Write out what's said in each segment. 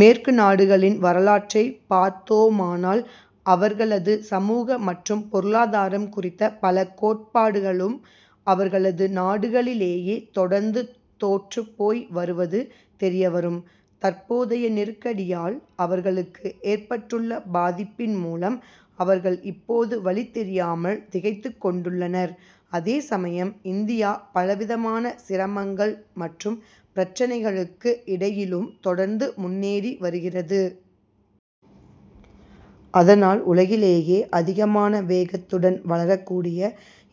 மேற்கு நாடுகளின் வரலாற்றை பார்த்தோமானால் அவர் களது சமூக மற்றும் பொருளாதாரம் குறித்த பல கோட்பாடுகளும் அவர்களது நாடுகளிலேயே தொடர்ந்து தோற்றுப்போய் வருவது தெரியவரும். தற்போதைய நெருக்கடியால் அவர்களுக்கு ஏற்பட்டுள்ள பாதிப்பின் மூலம் அவர்கள் இப்போது வழி தெரியாமல் திகைத்துக் கொண்டுள்ளனர். அதே சமயம் இந்தியா பலவிதமான சிரமங்கள் மற்றும் பிரச்னைகளுக்கு இடையிலும் தொடர்ந்து முன்னேறி வருகிறது. அதனால் உலகிலேயே அதிகமான வேகத்துடன் வளரக்கூடிய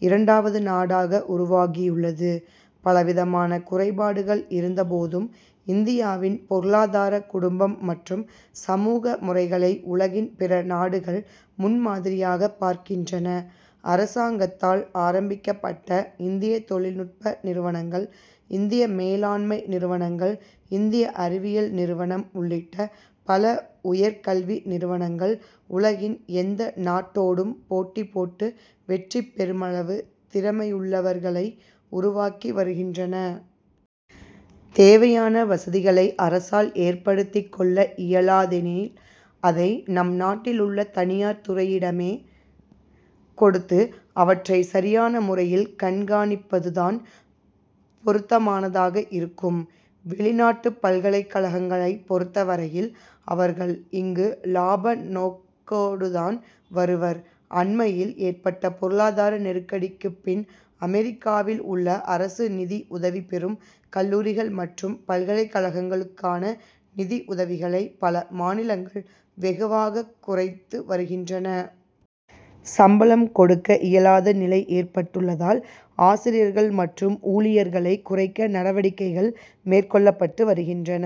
இரண்டாவது நாடாக உருவாகியுள்ளது. பலவிதமான குறைபாடுகள் இருந்தபோதும் இந்தியாவின் பொருளாதார குடும்பம் மற்றும் சமூக முறைகளை உலகின் பிற நாடுகள் முன்மாதிரியாக பார்க்கின்றன. அரசாங்கத்தால் ஆரம்பிக்கப்பட்ட இந்திய தொழில்நுட்ப நிறுவனங்கள் இந்திய மேலாண்மை நிறுவனங்கள் இந்திய அறிவியல் நிறுவனம் உள்ளிட்ட பல உயர் கல்வி நிறுவனங்கள் உலகின் எந்த நாட்டோடும் போட்டிபோட்டு வெற்றி பெருமளவு திறமையுள்ளவர்களை உருவாக்கி வருகின்றன. தேவையான வசதிகளை அரசால் ஏற்படுத்திக் கொள்ள இயலாதெனில் அதை நம் நாட்டிலுள்ள தனியார் துறையிடமே கொடுத்து அவற்றை சரியான முறையில் கண்காணிப்பதுதான் பொருத்தமானதாக இருக்கும். வெளிநாட்டுப் பல்கலைக்கழகங்களை பொருத்தவரையில், அவர்கள் இங்கு லாப நோக்கோடுதான் வருவர். அண்மையில் ஏற்பட்ட பொருளாதார நெருக்கடிக்குப் பின் அமெரிக்காவில் உள்ள அரசு நிதிஉதவி பெறும் கல்லூரிகள் மற்றும் பல்கலைக் கழகங்களுக்கான நிதி உதவிகளை பல மாநிலங்கள் வெகுவாகக் குறைத்து வருகின்றன. சம்பளம் கொடுக்க இயலாத நிலை ஏற்பட்டுள்ளதால் ஆசிரியர்கள் மற்றும் ஊழியர்களைக் குறைக்க நடவடிக்கைகள் மேற்கொள்ளப்பட்டு வருகின்றன.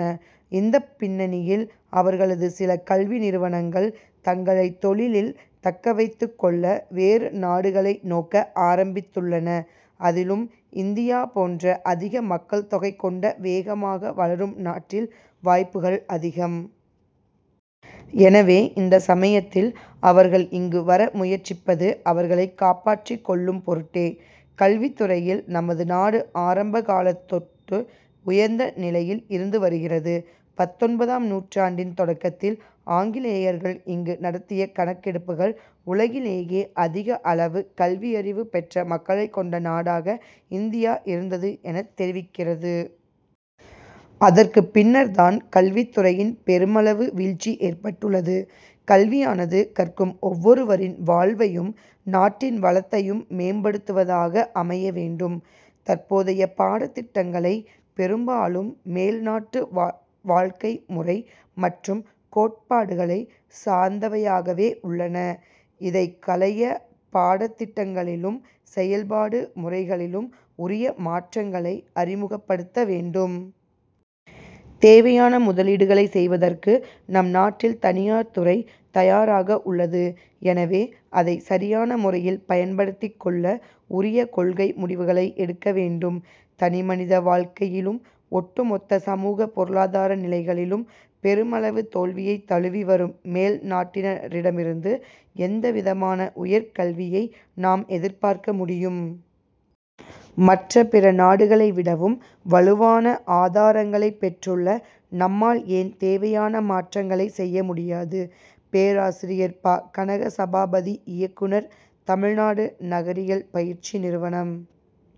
இந்தப் பின்னணியில் அவர்களது சில கல்வி நிறுவனங்கள் தங்களைத் தொழிலில் தக்கவைத்துக் கொள்ள வேறு நாடுகளை நோக்க ஆரம்பித்துள்ளன. அதிலும் இந்தியா போன்ற அதிக மக்கள் தொகை கொண்ட வேகமாக வளரும் நாட்டில் வாய்ப்புகள் அதிகம். எனவே, இந்த சமயத்தில் அவர்கள் இங்கு வர முயற்சிப்பது அவர்களைக் காப்பாற்றிக் கொள்ளும் பொருட்டே. கல்வித் துறையில் நமது நாடு ஆரம்ப காலத்தொட்டு உயர்ந்த நிலையில் இருந்து வருகிறது. பத்தொன்பதாம் நூற்றாண்டின் தொடக்கத்தில் ஆங்கிலேயர்கள் இங்கு நடத்திய கணக்கெடுப்புகள் உலகிலேயே அதிக அளவு கல்வியறிவு பெற்ற மக்களைக் கொண்ட நாடாக இந்தியா இருந்தது எனத் தெரிவிக்கிறது. அதற்குப் பின்னர்தான் கல்வித்துறையின் பெருமளவு வீழ்ச்சி ஏற்பட்டுள்ளது. கல்வியானது கற்கும் ஒவ்வொருவரின் வாழ்வையும் நாட்டின் வளத்தையும் மேம்படுத்துவதாக அமைய வேண்டும். தற்போதைய பாடத்திட்டங்களை பெரும்பாலும் மேல்நாட்டு வாழ்க்கை முறை மற்றும் கோட்பாடுகளை சார்ந்தவையாகவே உள்ளன. இதைக் களைய பாடத்திட்டங்களிலும் செயல்பாடு முறைகளிலும் உரிய மாற்றங்களை அறிமுகப்படுத்த வேண்டும். தேவையான முதலீடுகளை செய்வதற்கு நம் நாட்டில் தனியார் துறை தயாராக உள்ளது. எனவே, அதை சரியான முறையில் பயன்படுத்திக் கொள்ள உரிய கொள்கை முடிவுகளை எடுக்க வேண்டும். தனிமனித வாழ்க்கையிலும் ஒட்டுமொத்த சமூக பொருளாதார நிலைகளிலும் பெருமளவு தோல்வியை தழுவி வரும் மேல் நாட்டினரிடமிருந்து எந்த விதமான உயர்கல்வியை நாம் எதிர்பார்க்க முடியும்? மற்ற பிற நாடுகளை விடவும் வலுவான ஆதாரங்களைப் பெற்றுள்ள நம்மால் ஏன் தேவையான மாற்றங்களை செய்ய முடியாது? பேராசிரியர் ப. கனகசபாபதி இயக்குனர் தமிழ்நாடு நகரியல் பயிற்சி நிறுவனம்.